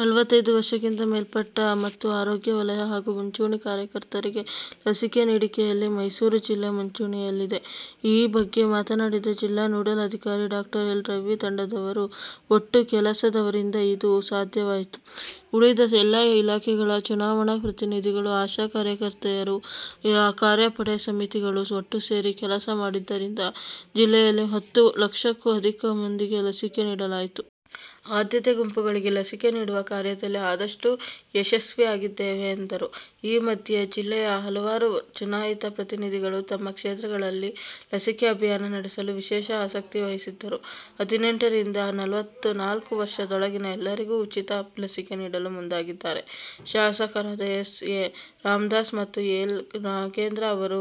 ನಲವತ್ತೈದು ವರ್ಷಕ್ಕಿಂತ ಮೇಲ್ಪಟ್ಟ ಮತ್ತು ಆರೋಗ್ಯ ವಲಯ ಹಾಗೂ ಮುಂಚೂಣಿ ಕಾರ್ಯಕರ್ತರಿಗೆ ಲಸಿಕೆ ನೀಡಿಕೆಯಲ್ಲಿ ಮೈಸೂರು ಜಿಲ್ಲೆ ಮುಂಚೂಣಿಯಲ್ಲಿದೆ. ಈ ಬಗ್ಗೆ ಮಾತನಾಡಿದ ಜಿಲ್ಲಾ ನೋಡಲ್ ಅಧಿಕಾರಿ ಡಾಕ್ಟರ್ ಎಲ್ ರವಿ, ತಂಡದವರ ಒಟ್ಟು ಕೆಲಸದವರಿಂದ ಇದು ಸಾಧ್ಯವಾಯಿತು. ಉಳಿದ ಎಲ್ಲಾ ಇಲಾಖೆಗಳ, ಚುನಾವಣಾ ಪ್ರತಿನಿಧಿಗಳು, ಆಶಾ ಕಾರ್ಯಕರ್ತರೆಯರು, ಕಾರ್ಯ ಪಡೆ ಸಮಿತಿಗಳು ಒಟ್ಟು ಸೇರಿ ಕೆಲಸ ಮಾಡಿದ್ದರಿಂದ ಜಿಲ್ಲೆಯಲ್ಲಿ ಹತ್ತು ಲಕ್ಷಕ್ಕೂ ಅಧಿಕ ಮಂದಿಗೆ ಲಸಿಕೆ ನೀಡಲಾಯಿತು. ಆದ್ಯತೆ ಗುಂಪುಗಳಿಗೆ ಲಸಿಕೆ ನೀಡುವ ಕಾರ್ಯದಲ್ಲಿ ಆದಷ್ಟು ಯಶಸ್ವಿಯಾಗಿದ್ದೇವೆ ಎಂದರು. ಈ ಮಧ್ಯೆ, ಜಿಲ್ಲೆಯ ಹಲವಾರು ಚುನಾಯಿತ ಪ್ರತಿನಿಧಿಗಳು ತಮ್ಮ ಕ್ಷೇತ್ರಗಳಲ್ಲಿ ಲಸಿಕೆ ಅಭಿಯಾನ ನಡೆಸಲು ವಿಶೇಷ ಆಸಕ್ತಿ ವಹಿಸಿದ್ದು, ಹದಿನೆಂಟರಿಂದ ನಲವತ್ತನಾಲ್ಕು ವರ್ಷದೊಳಗಿನ ಎಲ್ಲರಿಗೂ ಉಚಿತ ಲಸಿಕೆ ನೀಡಲು ಮುಂದಾಗಿದ್ದಾರೆ. ಶಾಸಕರಾದ ಎಸ್ ಎ ರಾಮದಾಸ್ ಮತ್ತು ಎಲ್ ನಾಗೇಂದ್ರ ಅವರು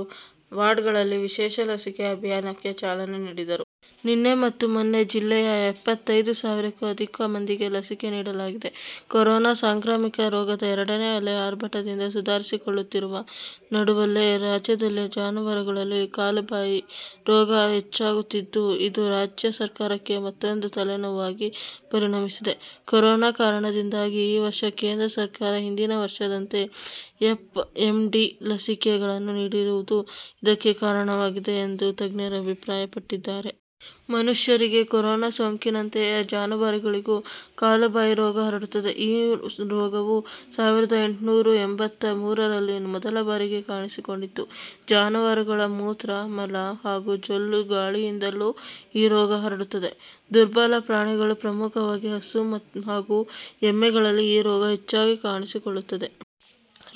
ವಾರ್ಡ್ಗಳಲ್ಲಿ ವಿಶೇಷ ಲಸಿಕೆ ಅಭಿಯಾನಕ್ಕೆ ಚಾಲನೆ ನೀಡಿದರು. ನಿನ್ನೆ ಮತ್ತು ಮೊನ್ನೆ, ಜಿಲ್ಲೆಯ ಎಪ್ಪತೈದು ಸಾವಿರಕ್ಕೂ ಅಧಿಕ ಮಂದಿಗೆ ಲಸಿಕೆ ನೀಡಲಾಗಿದೆ. ಕೊರೋನಾ ಸಾಂಕ್ರಾಮಿಕ ರೋಗದ ಎರಡನೇ ಅಲೆ ಆರ್ಭಟದಿಂದ ಸುಧಾರಿಸಿಕೊಳ್ಳುತ್ತಿರುವ ನಡುವಲ್ಲೇ ರಾಜ್ಯದಲ್ಲಿ ಜಾನುವಾರುಗಳಲ್ಲಿ ಕಾಲುಬಾಯಿ ರೋಗ ಹೆಚ್ಚಾಗುತ್ತಿದ್ದು, ಇದು ರಾಜ್ಯ ಸರ್ಕಾರಕ್ಕೆ ಮತ್ತೊಂದು ತಲೆನೋವಾಗಿ ಪರಿಣಮಿಸಿದೆ. ಕೊರೋನಾ ಕಾರಣದಿಂದಾಗಿ ಈ ವರ್ಷ ಕೇಂದ್ರ ಸರ್ಕಾರ ಹಿಂದಿನ ವರ್ಷದಂತೆ ಎಫ್ಎಂಡಿ ಲಸಿಕೆಗಳನ್ನು ನೀಡದಿರುವುದು ಇದಕ್ಕೆ ಕಾರಣವಾಗಿದೆ ಎಂದು ತಜ್ಞರು ಅಭಿಪ್ರಾಯಪಟ್ಟಿದ್ದಾರೆ. ಮನುಷ್ಯರಿಗೆ ಕೊರೋನಾ ಸೋಂಕಿನಂತೆಯೇ ಜಾನುವಾರಿಗಳಿಗೂ ಕಾಲುಬಾಯಿ ರೋಗ ಹರಡುತ್ತದೆ. ಈ ರೋಗವು ಸಾವಿರದ ಎಂಟುನುರಾ ಎಂಬತ್ತ ಮೂರರಲ್ಲಿ ಮೊದಲ ಬಾರಿಗೆ ಕಾಣಿಸಿಕೊಂಡಿತ್ತು. ಜಾನುವಾರುಗಳ ಮೂತ್ರ, ಮಲ ಹಾಗೂ ಜೊಲ್ಲು, ಗಾಳಿಯಿಂದಲೂ ಈ ರೋಗ ಹರಡುತ್ತದೆ. ದುರ್ಬಲ ಪ್ರಾಣಿಗಳು ಪ್ರಮುಖವಾಗಿ ಹಸು ಹಾಗೂ ಎಮ್ಮೆಗಳಲ್ಲಿ ಈ ರೋಗ ಹೆಚ್ಚಾಗಿ ಕಾಣಿಸಿಕೊಳ್ಳುತ್ತದೆ.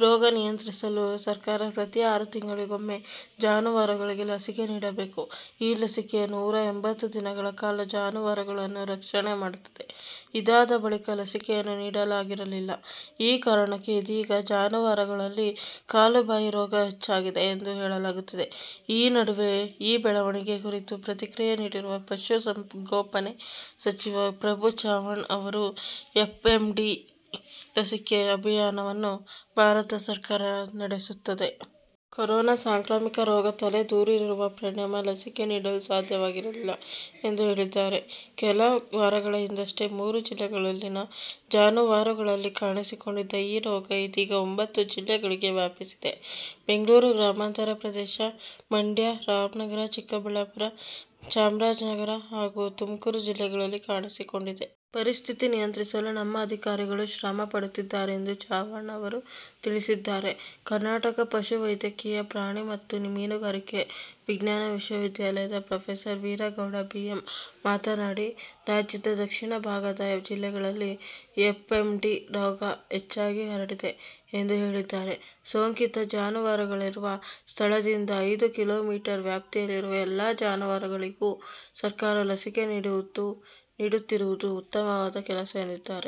ರೋಗ ನಿಯಂತ್ರಿಸಲು ಸರ್ಕಾರ ಪ್ರತೀ ಆರು ತಿಂಗಳುಗಳಿಗೊಮ್ಮೆ ಜಾನುವಾರುಗಳಿಗೆ ಲಸಿಕೆ ನೀಡಲೇಕು. ಈ ಲಸಿಕೆಯು ನೂರಾ ಎಂಬತ್ತು ದಿನಗಳ ಕಾಲ ಜಾನುವಾರುಗಳನ್ನು ರಕ್ಷಣೆ ಮಾಡುತ್ತದೆ. ಇದಾದ ಬಳಿಕ ಲಸಿಕೆಯನ್ನು ನೀಡಲಾಗಿರಲಿಲ್ಲ. ಈ ಕಾರಣಕ್ಕೆ ಇದೀಗ ಜಾನುವಾರುಗಳಲ್ಲಿ ಕಾಲುಬಾಯಿ ರೋಗ ಹೆಚ್ಚಾಗಿದೆ ಎಂದು ಹೇಳಲಾಗುತ್ತಿದೆ. ಈ ನಡುವೆ ಈ ಬೆಳವಣಿಗೆ ಕುರಿತು ಪ್ರತಿಕ್ರಿಯೆ ನೀಡಿರುವ ಪಶು ಸಂಗೋಪನೆ ಸಚಿವ ಪ್ರಭು ಚವ್ಹಾಣ್ ಅವರು, ಎಫ್ಎಂಡಿ ಲಸಿಕೆ ಅಭಿಯಾನವನ್ನು ಭಾರತ ಸರ್ಕಾರ ನಡೆಸುತ್ತದೆ. ಕೊರೋನಾ ಸಾಂಕ್ರಾಮಿಕ ರೋಗ ತಲೆದೋರಿರುವ ಪರಿಣಾಮ ಲಸಿಕೆ ನೀಡಲು ಸಾಧ್ಯವಾಗಿರಲಿಲ್ಲ ಎಂದು ಹೇಳಿದ್ದಾರೆ. ಕೆಲ ವಾರಗಳ ಹಿಂದೆಷ್ಟೇ ಮೂರು ಜಿಲ್ಲೆಗಳಲ್ಲಿನ ಜಾನುವಾರುಗಳಲ್ಲಿ ಕಾಣಿಸಿಕೊಂಡಿದ್ದ ಈ ರೋಗ ಇದೀಗ ಒಂಬತ್ತು ಜಿಲ್ಲೆಗಳಿಗೆ ವ್ಯಾಪಿಸಿದೆ. ಬೆಂಗಳೂರು ಗ್ರಾಮಾಂತರ ಪ್ರದೇಶ, ಮಂಡ್ಯ, ರಾಮನಗರ, ಚಿಕ್ಕಬಳ್ಳಾರು, ಚಾಮರಾಜನಗರ ಹಾಗೂ ತುಮಕೂರು ಜಿಲ್ಲೆಗಳಲ್ಲಿ ಕಾಣಿಸಿಕೊಂಡಿದೆ. ಪರಿಸ್ಥಿತಿ ನಿಯಂತ್ರಿಸಲು ನಮ್ಮ ಅಧಿಕಾರಿಗಳು ಶ್ರಮ ಪಡುತ್ತಿದ್ದಾರೆಂದು ಚವ್ಹಾಣ್ ಅವರು ತಿಳಿಸಿದ್ದಾರೆ. ಕರ್ನಾಟಕ ಪಶುವೈದ್ಯಕೀಯ ಪ್ರಾಣಿ ಮತ್ತು ಮೀನುಗಾರಿಕೆ ವಿಜ್ಞಾನ ವಿಶ್ವವಿದ್ಯಾಲಯದ ಪ್ರೊಫೆಸರ್ ವೀರಗೌಡ ಬಿ. ಎಂ ಮಾತನಾಡಿ, ರಾಜ್ಯದ ದಕ್ಷಿಣ ಭಾಗದ ಜಿಲ್ಲೆಗಳಲ್ಲಿ ಎಫ್ಎಂಡಿ ರೋಗ ಹೆಚ್ಚಾಗಿ ಹರಡಿದೆ ಎಂದು ಹೇಳಿದ್ದಾರೆ. ಸೋಂಕಿತ ಜಾನುವಾರುಗಳಿರುವ ಸ್ಥಳದಿಂದ ಐದು ಕಿಲೋಮೀಟರ್ ವ್ಯಾಪ್ತಿಯಲ್ಲಿರುವ ಎಲ್ಲಾ ಜಾನುವಾರುಗಳಿಗೂ ಸರ್ಕಾರ ಲಸಿಕೆ ನೀಡುತ್ತಿರುವುದು ಉತ್ತಮವಾದ ಕೆಲಸ ಎಂದಿದ್ದಾರೆ.